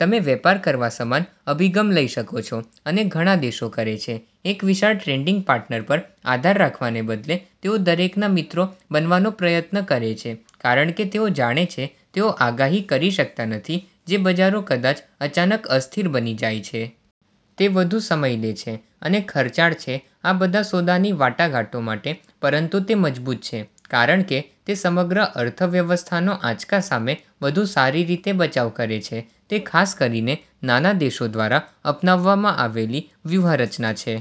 તમે વેપાર કરવા સમાન અભિગમ લઈ શકો છો અને ઘણા દેશો કરે છે. એક વિશાળ ટ્રેડિંગ પાર્ટનર પર આધાર રાખવાને બદલે તેઓ દરેકના મિત્રો બનવાનો પ્રયત્ન કરે છે કારણ કે તેઓ જાણે છે તેઓ આગાહી કરી શકતા નથી જે બજારો કદાચ અચાનક અસ્થિર બની જાય છે. તે વધુ સમય લે છે અને ખર્ચાળ છે આ બધા સોદાની વાટાઘાટો માટે પરંતુ તે મજબૂત છે કારણ કે તે સમગ્ર અર્થવ્યવસ્થાનો આંચકા સામે વધુ સારી રીતે બચાવ કરે છે. તે ખાસ કરીને નાના દેશો દ્વારા અપનાવવામાં આવેલી વ્યૂહરચના છે.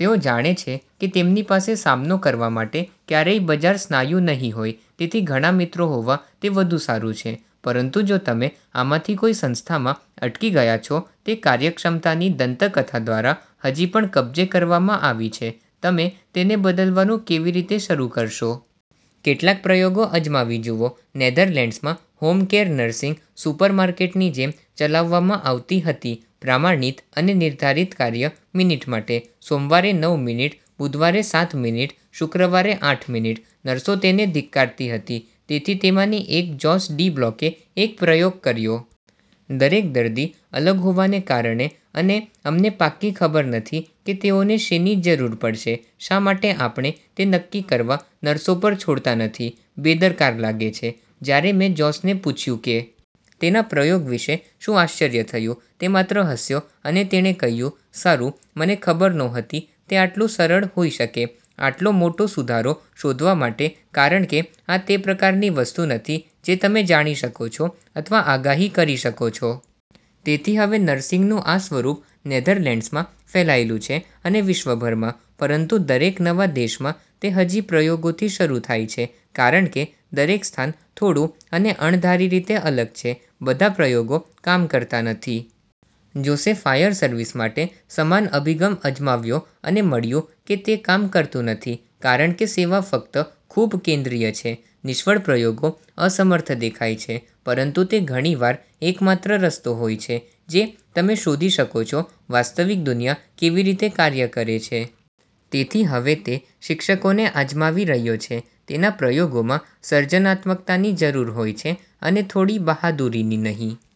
તેઓ જાણે છે કે તેમની પાસે સામનો કરવા માટે ક્યારેય બજાર સ્નાયુ નહીં હોય. તેથી ઘણા મિત્રો હોવા તે વધુ સારું છે. પરંતુ જો તમે આમાંથી કોઈ સંસ્થામાં અટકી ગયા છો તે કાર્યક્ષમતાની દંતકથા દ્વારા હજી પણ કબજે કરવામાં આવી છે, તમે તેને બદલવાનું કેવી રીતે શરૂ કરશો? કેટલાક પ્રયોગો અજમાવી જુઓ. નેધરલેન્ડ્સમાં હોમ કેર નર્સિંગ સુપરમાર્કેટની જેમ ચલાવવામાં આવતી હતી પ્રમાણિત અને નિર્ધારિત કાર્ય મિનિટ માટે, સોમવારે નવ મિનિટ, બુધવારે સાત મિનિટ, શુક્રવારે આઠ મિનિટ. નર્સો તેને ધિક્કારતી હતી. તેથી તેમાંની એક જોસ ડી બ્લોકે એક પ્રયોગ કર્યો. દરેક દર્દી અલગ હોવાને કારણે અને અમને પાક્કી ખબર નથી કે તેઓને શેની જરૂર પડશે. શા માટે આપણે તે નક્કી કરવા નર્સો પર છોડતા નથી? બેદરકાર લાગે છે? જ્યારે મેં જોસને પૂછ્યું કે તેનાં પ્રયોગ વિશે શું આશ્ચર્ય થયું, તે માત્ર હસ્યો અને તેણે કહ્યું, "સારું, મને ખબર નહોતી તે આટલું સરળ હોઈ શકે આટલો મોટો સુધારો શોધવા માટે કારણ કે આ તે પ્રકારની વસ્તુ નથી જે તમે જાણી શકો છો અથવા આગાહી કરી શકો છો. તેથી હવે નર્સિંગનું આ સ્વરૂપ નેધરલેન્ડ્ઝમાં ફેલાયેલું છે અને વિશ્વભરમાં. પરંતુ દરેક નવા દેશમાં તે હજી પ્રયોગોથી શરૂ થાય છે કારણ કે દરેક સ્થાન થોડું અને અણધારી રીતે અલગ છે. બધા પ્રયોગો કામ કરતા નથી. જોસે ફાયર સર્વિસ માટે સમાન અભિગમ અજમાવ્યો અને મળ્યું કે તે કામ કરતું નથી કારણ કે સેવા ફક્ત ખૂબ કેન્દ્રિય છે. નિષ્ફળ પ્રયોગો અસમર્થ દેખાય છે પરંતુ તે ઘણી વાર એકમાત્ર રસ્તો હોય છે જે તમે શોધી શકો છો વાસ્તવિક દુનિયા કેવી રીતે કાર્ય કરે છે. તેથી હવે તે શિક્ષકોને આજમાવી રહ્યો છે. તેના પ્રયોગોમાં સર્જનાત્મકતાની જરૂર હોય છે અને થોડી બહાદુરી નહીં.